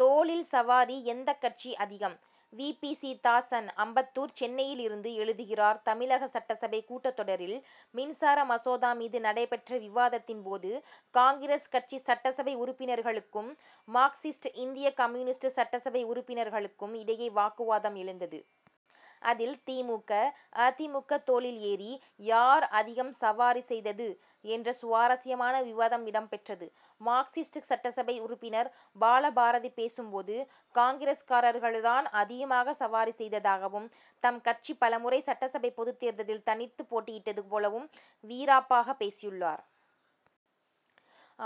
தோளில் சவாரி எந்தக் கட்சி அதிகம்? V. P. C. Dasan, Ambattur, சென்னையிலிருந்து எழுதுகிறார் தமிழக சட்டசபை கூட்டத் தொடரில், மின்சார மசோதா மீது நடைபெற்ற விவாதத்தின் போது, காங்கிரஸ் கட்சி சட்டசபை உறுப்பினர்களுக்கும், மார்க்சிஸ்ட், இந்திய கம்யூனிஸ்ட் சட்டசபை உறுப்பினர்களுக்கும் இடையே வாக்குவாதம் எழுந்தது. அதில், தி. மு. க., அ. தி. மு. க., தோளில் ஏறி, யார் அதிகம் சவாரி செய்தது என்ற சுவாரசியமான விவாதம் இடம்பெற்றது. மார்க்சிஸ்ட் சட்டசபை உறுப்பினர் பாலபாரதி பேசும்போது, காங்கிரஸ்காரர்கள் தான் அதிகமாக சவாரி செய்ததாகவும், தம்கட்சி பலமுறை சட்டசபை பொதுத்தேர்தலில், தனித்து போட்டியிட்டது போலவும் வீராப்பாக பேசியுள்ளார்.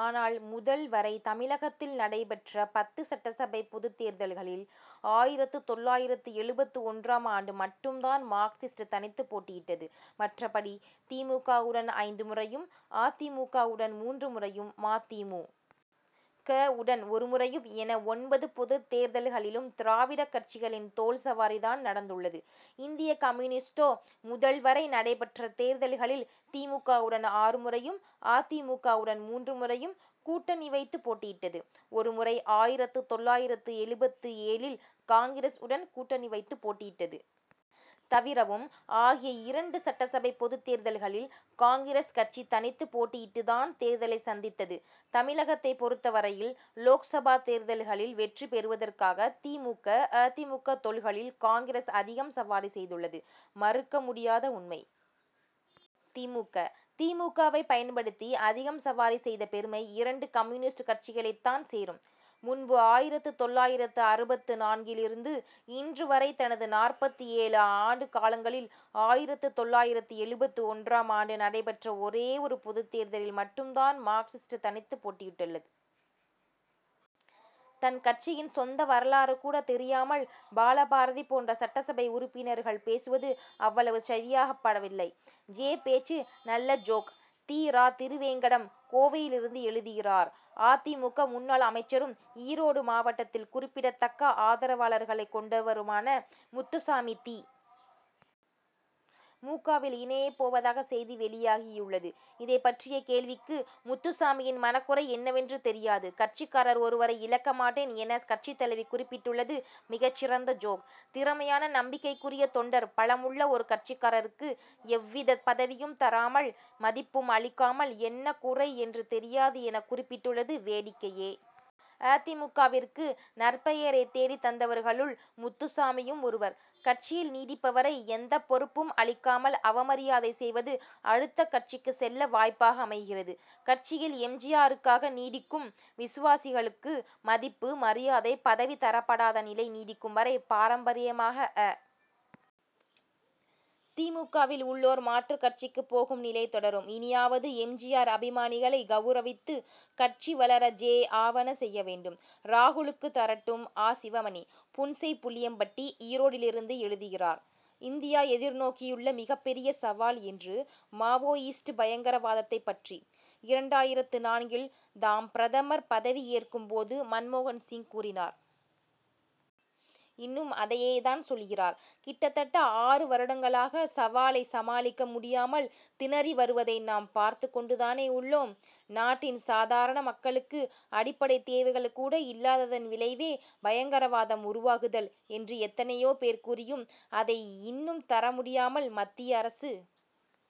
ஆனால், முதல், வரை, தமிழகத்தில் நடைபெற்ற பத்து சட்டசபை பொதுத் தேர்தல்களில், ஆயிரத்து தொள்ளாயிரத்து எழுபத்து ஒன்றாம் ஆண்டு மட்டும்தான் மார்க்சிஸ்ட் தனித்து போட்டியிட்டது. மற்றபடி, தி. மு. க.,வுடன் ஐந்து முறையும், அ. தி. மு. க.,வுடன் மூன்று முறையும், ம. தி. மு. க.,வுடன் ஒருமுறையும் என, ஒன்பது பொதுத் தேர்தல்களிலும், திராவிடக் கட்சிகளின், தோள் சவாரி தான் நடந்துள்ளது. இந்திய கம்யூனிஸ்டோ, முதல், வரை நடைபெற்ற தேர்தல்களில், தி. மு. க.,வுடன் ஆறு முறையும், அ. தி. மு. க.,வுடன் மூன்று முறையும் கூட்டணி வைத்து போட்டியிட்டது. ஒரு முறை, ஆயிரத்து தொள்ளாயிரத்து எழுபத்து ஏழில், காங்கிரஸ் உடன் கூட்டணி வைத்து போட்டியிட்டது. தவிரவும், ஆகிய இரண்டு சட்டசபை பொதுத் தேர்தல்களில், காங்கிரஸ் கட்சி தனித்து போட்டியிட்டுதான் தேர்தலை சந்தித்தது. தமிழகத்தை பொறுத்த வரையில், லோக்சபா தேர்தல்களில், வெற்றி பெறுவதற்காக, தி. மு. க., அ. தி. மு. க., தோள்களில் காங்கிரஸ் அதிகம் சவாரி செய்துள்ளது, மறுக்க முடியாத உண்மை. தி. மு. க., தி. மு. க.,வை பயன்படுத்தி, அதிகம் சவாரி செய்த பெருமை, இரண்டு கம்யூனிஸ்ட் கட்சிகளைத் தான் சேரும். முன்பு ஆயிரத்து தொள்ளாயிரத்து அறுபத்து நான்கிலிருந்து, இன்று வரை, தனது நாற்பத்து ஏழு ஆண்டு காலங்களில், ஆயிரத்து தொள்ளாயிரத்து எழுபத்து ஒன்றாம் ஆண்டு நடைபெற்ற ஒரே ஒரு பொதுத் தேர்தலில் மட்டும் தான், மார்க்சிஸ்ட் தனித்து போட்டியிட்டுள்ளது. தன் கட்சியின் சொந்த வரலாறு கூட தெரியாமல், பாலபாரதி போன்ற சட்டசபை உறுப்பினர்கள் பேசுவது, அவ்வளவு சரியாகப்படவில்லை. ஜெ., பேச்சு நல்ல ஜோக் தி. ரா. திருவேங்கடம், கோவையிலிருந்து எழுதுகிறார் அ. தி. மு. க., முன்னாள் அமைச்சரும், ஈரோடு மாவட்டத்தில் குறிப்பிடத் தக்க ஆதரவாளர்களை கொண்டவருமான முத்துசாமி, தி. மு. க.,வில் இணைய போவதாக செய்தி வெளியாகியுள்ளது. இதைப்பற்றிய கேள்விக்கு, முத்துசாமியின் மனக்குறை என்னவென்று தெரியாது; கட்சிக்காரர் ஒருவரையும் இழக்க மாட் டேன் என, கட்சித்தலைவி குறிப்பிட்டுள்ளது, மிகச் சிறந்த ஜோக். திறமையான, நம்பிக்கைக்குரிய தொண்டர் பலமுள்ள ஒரு கட்சிக்காரருக்கு, எவ்வித பதவியும் தராமல், மதிப்பும் அளிக்காமல், என்ன குறை என்று தெரியாது எனக் குறிப் பிட்டுள்ளது வேடிக்கையே! அ. தி. மு. க.,விற்கு நற்பெயரை தேடித் தந்தவர்களுள் முத்துசாமியும் ஒருவர். கட்சியில் நீடிப்பவரை, எந்தப் பொறுப்பும் அளிக்காமல் அவமரியாதை செய்வது, அடுத்த கட்சிக்கு செல்ல வாய்ப்பாக அமைகிறது. கட்சியில் எம். ஜி. ஆருக்காக நீடிக்கும் விசுவாசிகளுக்கு, மதிப்பு, மரியாதை, பதவி தரப்படாத நிலை நீடிக்கும் வரை, பாரம்பரியமாக அ. தி. மு. க., வில் உள்ளோர், மாற்றுக் கட்சிக்கு போகும் நிலை தொடரும். இனியாவது எம். ஜி. ஆர் அபிமானிகளை கவுரவித்து, கட்சி வளர ஜெ., ஆவன செய்ய வேண்டும்! ராகுலுக்கு தரட்டும் ஆ. சிவமணி, புன்செய்ப்புளியம்பட்டி, ஈரோடியிலிருந்து எழுதுகிறார் இந்தியா எதிர்நோக்கியுள்ள மிகப்பெரிய சவால் என்று, மாவோயிஸ்ட் பயங்கரவாதத்தை பற்றி, இரண்டாயிரத்து நான்கில் தாம் பிரதமர் பதவி ஏற்கும் போது மன்மோகன்சிங் கூறினார். இன்னும் அதையே தான் சொல்கிறார். கிட்டத்தட்ட ஆறு வருடங்களாக, சவாலை சமாளிக்க முடியாமல் திணறி வருவதை நாம் பார்த்து கொண்டு தானே உள்ளோம். நாட்டின் சாதாரண மக்களுக்கு, அடிப்படைத் தேவைகள் கூட இல்லாததன் விளைவே, பயங்கரவாதம் உருவாகுதல் என்று எத்தனையோ பேர் கூறியும், அதை இன்னும் தரமுடியாமல், மத்திய அரசு